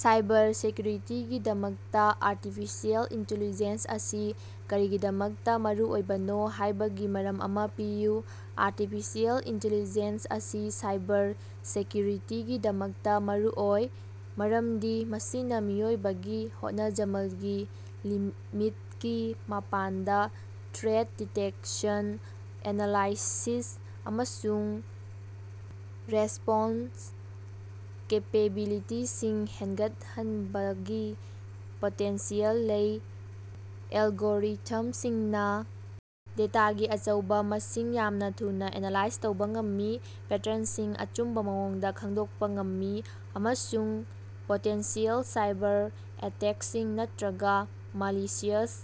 Cyber ꯁꯦꯀ꯭ꯌꯨꯔꯤꯇꯤꯒꯤꯗꯃꯛꯇ artificial intelligence ꯑꯁꯤ ꯀꯔꯤꯒꯤꯗꯃꯛꯇ ꯃꯔꯨꯑꯣꯏꯕꯅꯣ ꯍꯥꯏꯕꯒꯤ ꯃꯔꯝ ꯑꯃ ꯄꯤꯌꯨ꯫ ꯑꯥꯔꯇꯤꯐꯤꯁꯤꯑꯦꯜ ꯏꯟꯇꯤꯂꯤꯖꯦꯟꯁ ꯑꯁꯤ ꯁꯥꯏꯕꯔ ꯁꯦꯀ꯭ꯌꯨꯔꯤꯇꯤꯒꯤꯗꯃꯛꯇ ꯃꯔꯨꯑꯣꯏ ꯃꯔꯝꯗꯤ ꯃꯁꯤꯅ ꯃꯤꯑꯣꯏꯕꯒꯤ ꯍꯣꯠꯅꯖꯃꯜꯒꯤ ꯂꯤꯃꯤꯠꯀꯤ ꯃꯄꯥꯟꯗ ꯊ꯭ꯔꯦꯠ ꯗꯤꯇꯦꯛꯁꯟ, ꯑꯦꯅꯥꯂꯥꯏꯁꯤꯁ ꯑꯃꯁꯨꯡ ꯔꯦꯁ꯭ꯄꯣꯟꯁ ꯀꯦꯄꯦꯕꯤꯂꯤꯇꯤꯁꯤꯡ ꯍꯦꯡꯒꯠꯍꯅꯕꯒꯤ ꯄꯣꯇꯦꯟꯁꯤꯑꯦꯜ ꯂꯩ꯫ ꯑꯦꯜꯒꯣꯔꯤꯊꯝꯁꯤꯡꯅ ꯗꯦꯇꯥꯒꯤ ꯑꯆꯧꯕ ꯃꯁꯤꯡ ꯌꯥꯝꯅ ꯊꯨꯅ ꯑꯦꯅꯥꯂꯥꯏꯖ ꯇꯧꯕ ꯉꯝꯃꯤ, ꯄꯦꯇ꯭ꯔꯟꯁꯤꯡ ꯑꯆꯨꯝꯕ ꯃꯑꯣꯡꯗ ꯈꯪꯗꯣꯛꯄ ꯉꯝꯃꯤ ꯑꯃꯁꯨꯡ ꯄꯣꯇꯦꯟꯁꯤꯑꯦꯜ ꯁꯥꯏꯕꯔ ꯑꯦꯇꯦꯀꯁꯤꯡ ꯅꯠꯇꯔꯒ ꯃꯥꯂꯤꯁꯤꯌ꯭ꯁ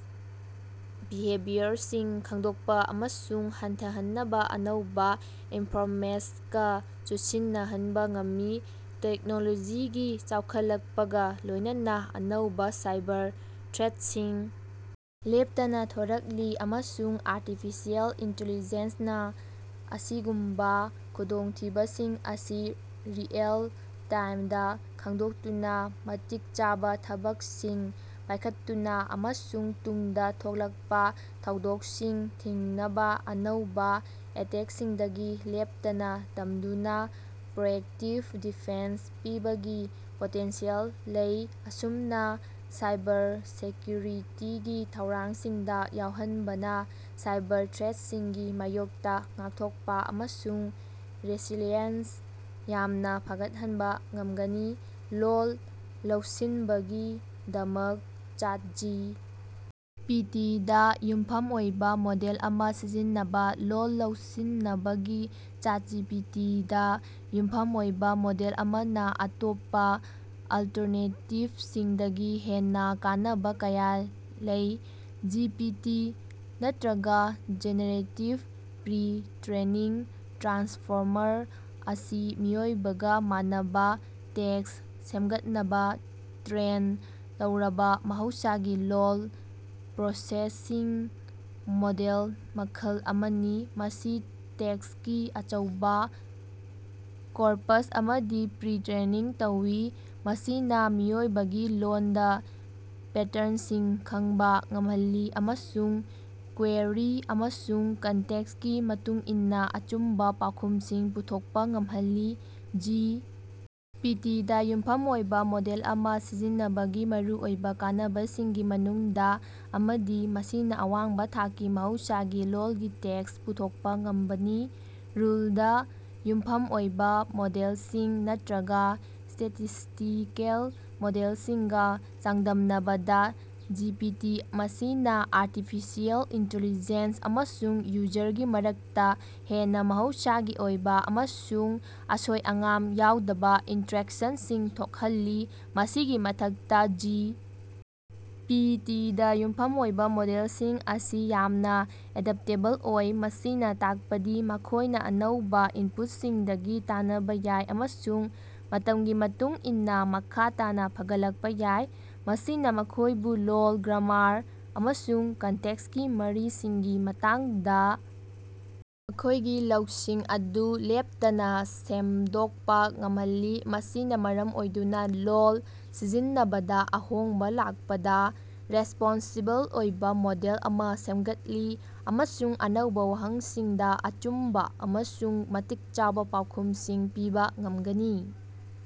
ꯕꯤꯍꯦꯕꯤꯌꯔꯁꯤꯡ ꯈꯪꯗꯣꯛꯄ ꯑꯃꯁꯨꯡ ꯍꯟꯊꯍꯟꯅꯕ ꯑꯅꯧꯕ ꯏꯟꯐꯣꯔꯃꯦꯁꯒ ꯆꯨꯁꯤꯟꯅꯍꯅꯕ ꯉꯝꯃꯤ꯫ ꯇꯦꯛꯅꯣꯂꯣꯖꯤꯒꯤ ꯆꯥꯎꯈꯠꯂꯛꯄꯒ ꯂꯣꯏꯅꯅ ꯑꯅꯧꯕ ꯁꯥꯏꯕꯔ ꯊ꯭ꯔꯦꯠꯁꯤꯡ ꯂꯦꯞꯇꯅ ꯊꯣꯔꯛꯂꯤ, ꯑꯃꯁꯨꯡ ꯑꯥꯔꯇꯤꯐꯤꯁꯤꯑꯦꯜ ꯏꯅꯇꯦꯂꯤꯖꯦꯟꯁꯅ ꯑꯁꯤꯒꯨꯝꯕ ꯈꯨꯗꯣꯡꯊꯤꯕꯁꯤꯡ ꯑꯁꯤ ꯔꯤꯑꯦꯜ ꯇꯥꯏꯝꯗ ꯈꯪꯗꯣꯛꯇꯨꯅ, ꯃꯇꯤꯛ ꯆꯥꯕ ꯊꯕꯛꯁꯤꯡ ꯄꯥꯏꯈꯠꯇꯨꯅ ꯑꯃꯁꯨꯡ ꯇꯨꯡꯗ ꯊꯣꯛꯂꯛꯄ ꯊꯧꯗꯣꯛꯁꯤꯡ ꯊꯤꯡꯅꯕ ꯑꯅꯧꯕ ꯑꯦꯇꯦꯛꯁꯤꯡꯗꯒꯤ ꯂꯦꯞꯇꯅ ꯇꯝꯗꯨꯅ ꯄ꯭ꯔꯣꯑꯦꯛꯇꯤꯕ ꯗꯤꯐꯦꯟꯁ ꯄꯤꯕꯒꯤ ꯄꯣꯇꯦꯟꯁꯤꯌꯦꯜ ꯂꯩ꯫ ꯑꯁꯨꯝꯅ, ꯁꯥꯏꯕꯔ ꯁꯦꯀ꯭ꯌꯨꯔꯤꯇꯤꯒꯤ ꯊꯧꯔꯥꯡꯁꯤꯡꯗ ꯌꯥꯎꯍꯟꯕꯅ ꯁꯥꯏꯕꯔ ꯊ꯭ꯔꯦꯠꯁꯤꯡꯒꯤ ꯃꯥꯌꯣꯛꯇ ꯉꯥꯛꯊꯣꯛꯄ ꯑꯃꯁꯨꯡ ꯔꯦꯁꯤꯂꯤꯌꯦꯟꯁ ꯌꯥꯝꯅ ꯐꯒꯠꯍꯟꯕ ꯉꯝꯒꯅꯤ꯫ ꯂꯣꯜ ꯂꯧꯁꯤꯟꯕꯒꯤꯗꯃꯛ ꯆꯥꯠ ꯖꯤ. ꯄꯤ. ꯇꯤ. ꯗ ꯌꯨꯝꯐꯝ ꯑꯣꯏꯕ ꯃꯣꯗꯦꯜ ꯑꯃ ꯁꯤꯖꯤꯟꯅꯕ꯫ ꯂꯣꯜ ꯂꯧꯁꯤꯅꯕꯒꯤ ꯆꯥꯠ ꯖꯤ. ꯄꯤ. ꯇꯤ. ꯗꯥ ꯌꯨꯝꯐꯝ ꯑꯣꯏꯕ ꯃꯣꯗꯦꯜ ꯑꯃꯅ ꯑꯇꯣꯞꯄ ꯑꯜꯇꯔꯅꯦꯇꯤꯕꯁꯤꯡꯗꯒꯤ ꯍꯦꯟꯅ ꯀꯥꯟꯅꯕ ꯀꯌꯥ ꯂꯩ꯫ ꯖꯤ. ꯄꯤ. ꯇꯤ., ꯅꯠꯇꯔꯒ ꯖꯦꯅꯦꯔꯦꯇꯤꯕ ꯄ꯭ꯔꯤ-ꯇ꯭ꯔꯦꯅꯤꯡ ꯇ꯭ꯔꯥꯟꯁꯐꯣꯔꯃꯔ ꯑꯁꯤ ꯃꯤꯑꯣꯏꯕꯒ ꯃꯥꯟꯅꯕ ꯇꯦꯛꯁ ꯁꯦꯝꯒꯠꯅꯕ ꯇ꯭ꯔꯦꯟ ꯇꯧꯔꯕ ꯃꯍꯧꯁꯥꯒꯤ ꯂꯣꯜ ꯄ꯭ꯔꯣꯁꯦꯁꯤꯡ ꯃꯣꯗꯦꯜ ꯃꯈꯜ ꯑꯃꯅꯤ꯫ ꯃꯁꯤ ꯇꯦꯛꯁꯀꯤ ꯑꯆꯧꯕ ꯀꯣꯔꯄ꯭ꯁ ꯑꯃꯗ ꯄ꯭ꯔꯤ-ꯇ꯭ꯔꯦꯅꯤꯡ ꯇꯧꯏ, ꯃꯁꯤꯅ ꯃꯤꯑꯣꯏꯕꯒꯤ ꯂꯣꯟꯗ ꯄꯦꯇꯔꯟꯁꯤꯡ ꯈꯪꯕ ꯉꯝꯍꯜꯂꯤ ꯑꯃꯁꯨꯡ ꯀ꯭ꯋꯦꯔꯤ ꯑꯃꯁꯨꯡ ꯀꯟꯇꯦꯛꯁꯀꯤ ꯃꯇꯨꯡ ꯏꯟꯅ ꯑꯆꯨꯝꯕ ꯄꯥꯎꯈꯨꯝꯁꯤꯡ ꯄꯨꯊꯣꯛꯄ ꯉꯝꯍꯜꯂꯤ꯫ ꯖꯤ. ꯄꯤ. ꯇꯤ. ꯗ ꯌꯨꯝꯐꯝ ꯑꯣꯏꯕ ꯃꯣꯗꯦꯜ ꯑꯃ ꯁꯤꯖꯤꯟꯅꯕꯒꯤ ꯃꯔꯨꯑꯣꯏꯕ ꯀꯥꯟꯅꯕꯁꯤꯡꯒꯤ ꯃꯅꯨꯡꯗ ꯑꯃꯗꯤ ꯃꯁꯤꯅ ꯑꯋꯥꯡꯕ ꯊꯥꯛꯀꯤ ꯃꯍꯧꯁꯥꯒꯤ ꯂꯣꯜꯒꯤ ꯇꯦꯛꯁ ꯄꯨꯊꯣꯛꯄ ꯉꯝꯕꯅꯤ꯫ ꯔꯨꯜꯗ ꯌꯨꯝꯐꯝ ꯑꯣꯏꯕ ꯃꯣꯗꯦꯂꯁꯤꯡ ꯅꯠꯇꯔꯒ ꯁ꯭ꯇꯦꯇꯤꯁ꯭ꯇꯤꯀꯦꯜ ꯃꯣꯗꯦꯜꯁꯤꯡꯒ ꯆꯥꯡꯗꯝꯅꯕꯗ, ꯖꯤ. ꯄꯤ. ꯇꯤ. ꯃꯁꯤꯅ ꯑꯥꯔꯇꯤꯐꯤꯁꯤꯑꯦꯜ ꯏꯟꯇꯦꯜꯂꯤꯖꯦꯟꯁ ꯑꯃꯁꯨꯡ ꯌꯨꯖꯔꯒꯤ ꯃꯔꯛꯇ ꯍꯦꯟꯅ ꯃꯍꯧꯁꯥꯒꯤ ꯑꯣꯏꯕ ꯑꯃꯁꯨꯡ ꯑꯁꯣꯏ-ꯑꯉꯥꯝ ꯌꯥꯎꯗꯕ ꯏꯟꯇꯔꯦꯛꯁꯟꯁꯤꯡ ꯊꯣꯛꯍꯜꯂꯤ꯫ ꯃꯁꯤꯒꯤ ꯃꯊꯛꯇ, ꯖꯤ. ꯄꯤ. ꯇꯤ. ꯗ ꯌꯨꯝꯐꯝ ꯑꯣꯏꯕ ꯃꯣꯗꯦꯜꯁꯤꯡ ꯑꯁꯤ ꯌꯥꯝꯅ ꯑꯦꯗꯞꯇꯦꯕꯜ ꯑꯣꯏ, ꯃꯁꯤꯅ ꯇꯥꯛꯄꯗꯤ ꯃꯈꯣꯏꯅ ꯑꯅꯧꯕ ꯏꯟꯄꯨꯠꯁꯤꯡꯗꯒꯤ ꯇꯅꯕ ꯌꯥꯏ ꯑꯃꯁꯨꯡ ꯃꯇꯝꯒꯤ ꯃꯇꯨꯡ ꯏꯟꯅ ꯃꯈꯥ ꯇꯥꯅ ꯐꯒꯠꯂꯛꯄꯥ ꯌꯥꯏ꯫ ꯃꯁꯤꯅ ꯃꯈꯣꯏꯕꯨ ꯂꯣꯜ, ꯒ꯭ꯔꯥꯃꯥꯔ, ꯑꯃꯁꯨꯡ ꯀꯟꯇꯦꯛꯁꯀꯤ ꯃꯔꯤꯁꯤꯡꯒꯤ ꯃꯇꯥꯡꯗ ꯃꯈꯣꯏꯒꯤ ꯂꯧꯁꯤꯡ ꯑꯗꯨ ꯂꯦꯞꯇꯅ ꯁꯦꯝꯗꯣꯛꯄ ꯉꯝꯍꯜꯂꯤ, ꯃꯁꯤꯅ ꯃꯔꯝ ꯑꯣꯏꯗꯨꯅ ꯂꯣꯜ ꯁꯤꯖꯤꯟꯅꯕꯗ ꯑꯍꯣꯡꯕ ꯂꯥꯛꯄꯗ ꯔꯦꯁ꯭ꯄꯣꯟꯁꯤꯕꯜ ꯑꯣꯏꯕ ꯃꯣꯗꯦꯜ ꯑꯃ ꯁꯦꯝꯒꯠꯂꯤ ꯑꯃꯁꯨꯡ ꯑꯅꯧꯕ ꯋꯥꯍꯪꯁꯤꯡꯗ ꯑꯆꯨꯝꯕ ꯑꯃꯁꯨꯡ ꯃꯇꯤꯛ ꯆꯥꯕ ꯄꯥꯎꯈꯨꯃꯁꯤꯡ ꯄꯤꯕ ꯉꯝꯒꯅꯤ꯫